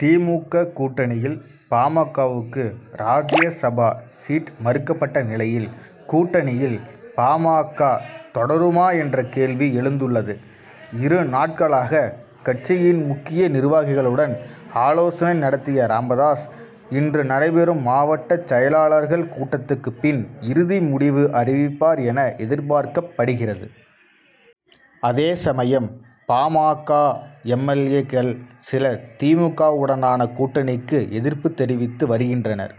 தி. மு. க., கூட்டணியில், பா. ம. க.,வுக்கு ராஜ்யசபா சீட் மறுக்கப்பட்ட நிலையில், கூட்டணியில் பா. ம. க., தொடருமா என்ற கேள்வி எழுந்துள்ளது. இரு நாட்களாக கட்சியின் முக்கிய நிர்வாகிகளுடன் ஆலோசனை நடத்திய ராமதாஸ், இன்று நடைபெறும் மாவட்ட செயலாளர்கள் கூட்டத்துக்கு பின் இறுதி முடிவு அறிவிப்பார் என எதிர்பார்க்கப்படுகிறது. அதே சமயம் பா. ம. க., எம். எல். ஏ.,க்கள் சிலர் தி. மு. க.,வுடனான கூட்டணிக்கு எதிர்ப்பு தெரிவித்து வருகின்றனர்.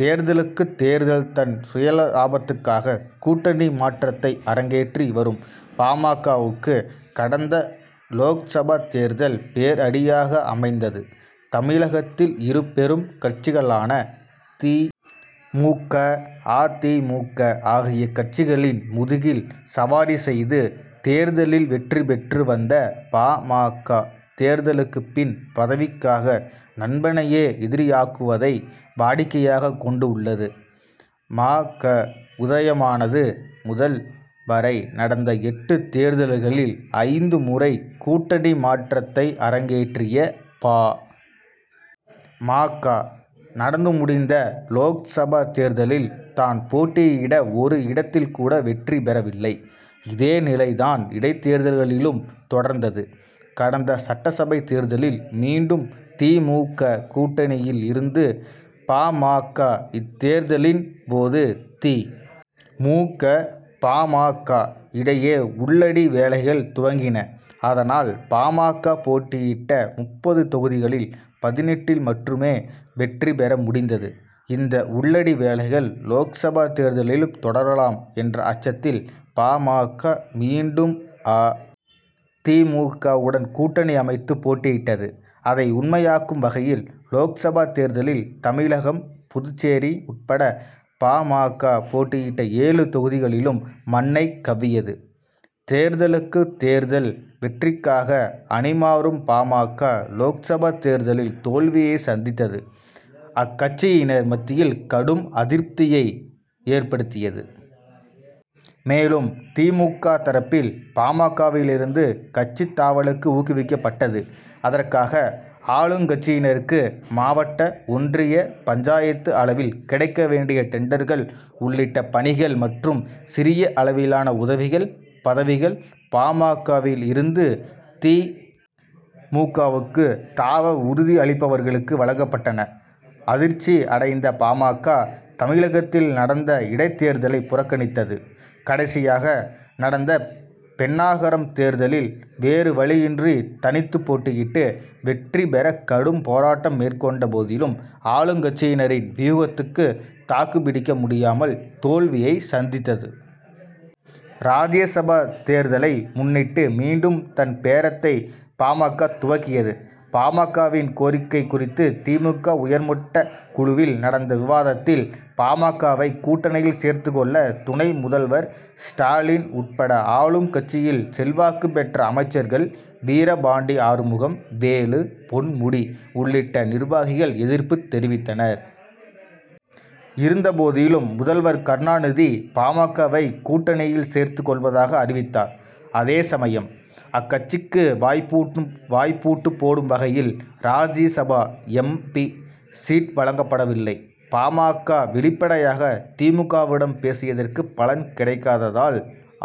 தேர்தலுக்கு தேர்தல் தன் சுயலாபத்துக்காக கூட்டணி மாற்றத்தை அரங்கேற்றி வரும் பா. ம. க.,வுக்கு கடந்த லோக்சபா தேர்தல் பேரடியாக அமைந்தது. தமிழகத்தில் இருபெரும் கட்சிகளான தி. மு. க.,- அ. தி. மு. க., ஆகிய கட்சிகளின் முதுகில் சவாரி செய்து, தேர்தலில் வெற்றி பெற்று வந்த பா. ம. க., தேர்தலுக்கு பின் பதவிக்காக நண்பனையே எதிரியாக்குவதை வாடிக்கையாக கொண்டு உள்ளது. ம. க., உதயமானது. முதல் வரை நடந்த எட்டு தேர்தல்களில் ஐந்து முறை கூட்டணி மாற்றத்தை அரங்கேற்றிய பா. ம. க., நடந்து முடிந்த லோக்சபா தேர்தலில், தான் போட்டியிட ஒரு இடத்தில் கூட வெற்றி பெறவில்லை. இதே நிலை தான் இடைத்தேர்தல்களிலும் தொடர்ந்தது. கடந்த சட்டசபை தேர்தலில் மீண்டும் தி. மு. க., கூட்டணியில் இருந்தது பா. ம. க., இத்தேர்தலின் போது தி. மு. க., பா. ம. க., இடையே உள்ளடி வேலைகள் துவங்கின. அதனால், பா. ம. க., போட்டியிட்ட முப்பது தொகுதிகளில் பதினெட்டில் மட்டுமே வெற்றி பெற முடிந்தது. இந்த உள்ளடி வேலைகள் லோக்சபா தேர்தலிலும் தொடரலாம் என்ற அச்சத்தில் பா. ம. க., மீண்டும் அ. தி. மு. க.,வுடன் கூட்டணி அமைத்து போட்டியிட்டது. அதை உண்மையாக்கும் வகையில் லோக்சபா தேர்தலில் தமிழகம், புதுச்சேரி உட்பட பா. ம. க., போட்டியிட்ட ஏழு தொகுதிகளிலும் மண்ணைக் கவ்வியது. தேர்தலுக்கு தேர்தல் வெற்றிக்காக அணி மாறும் பா. ம. க., லோக்சபா தேர்தலில் தோல்வியை சந்தித்தது, அக்கட்சியினர் மத்தியில் கடும் அதிருப்தியை ஏற்படுத்தியது. மேலும், தி. மு. க., தரப்பில் பா. ம. க.,விலிருந்து கட்சி தாவலுக்கு ஊக்குவிக்கப்பட்டது. அதற்காக ஆளும் கட்சியினருக்கு மாவட்ட, ஒன்றிய, பஞ்சாயத்து அளவில் கிடைக்க வேண்டிய டெண்டர்கள் உள்ளிட்ட பணிகள் மற்றும் சிறிய அளவிலான உதவிகள், பதவிகள் பா. ம. க.,வில் இருந்து தி. மு. க.,வுக்கு தாவ உறுதி அளிப்பவர்களுக்கு வழங்கப்பட்டன. அதிர்ச்சி அடைந்த பா. ம. க., தமிழகத்தில் நடந்த இடைத்தேர்தலை புறக்கணித்தது. கடைசியாக நடந்த பென்னாகரம் தேர்தலில் வேறு வழியின்றி தனித்து போட்டியிட்டு, வெற்றி பெற கடும் போராட்டம் மேற்கொண்ட போதிலும், ஆளும் கட்சியினரின் வியூகத்துக்கு தாக்கு பிடிக்க முடியாமல் தோல்வியை சந்தித்தது. ராஜ்யசபா தேர்தலை முன்னிட்டு மீண்டும் தன் பேரத்தை பா. ம. க., துவக்கியது. பா. ம. க.,வின் கோரிக்கை குறித்து தி. மு. க., உயர்மட்ட குழுவில் நடந்த விவாதத்தில், பா. ம. க.,வை கூட்டணியில் சேர்த்துக் கொள்ள துணை முதல்வர் ஸ்டாலின் உட்பட ஆளும் கட்சியில் செல்வாக்கு பெற்ற அமைச்சர்கள் வீரபாண்டி ஆறுமுகம், வேலு, பொன்முடி உள்ளிட்ட நிர்வாகிகள் எதிர்ப்பு தெரிவி தனர். இருந்த போதிலும் முதல்வர் கருணாநிதி பா. ம. க.,வை கூட்டணியில் சேர்த்துக் கொள்வதாக அறிவித்தார். அதே சமயம், அக்கட்சிக்கு வாய்ப்பூட்டு போடும் வகையில் ராஜ்யசபா எம். பி., சீட் வழங்கப்படவில்லை. பா. ம. க., வெளிப்படையாக தி. மு. க.,விடம் பேசியதற்கு பலன் கிடைக்காததால்,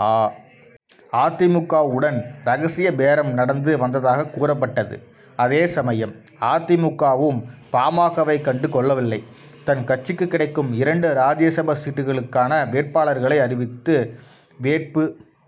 அ. தி. மு. க.,வுடன் ரகசிய பேரம் நடந்து வந்ததாக கூறப்பட்டது. அதே சமயம் அ. தி. மு. க.,வும், பா. ம. க.,வை கண்டு கொள்ளவில்லை. தன் கட்சிக்கு கிடைக்கும் இரண்டு ராஜ்யசபா சீட்களுக்கான வேட்பாளர்களை அறிவித்து, வேட்பு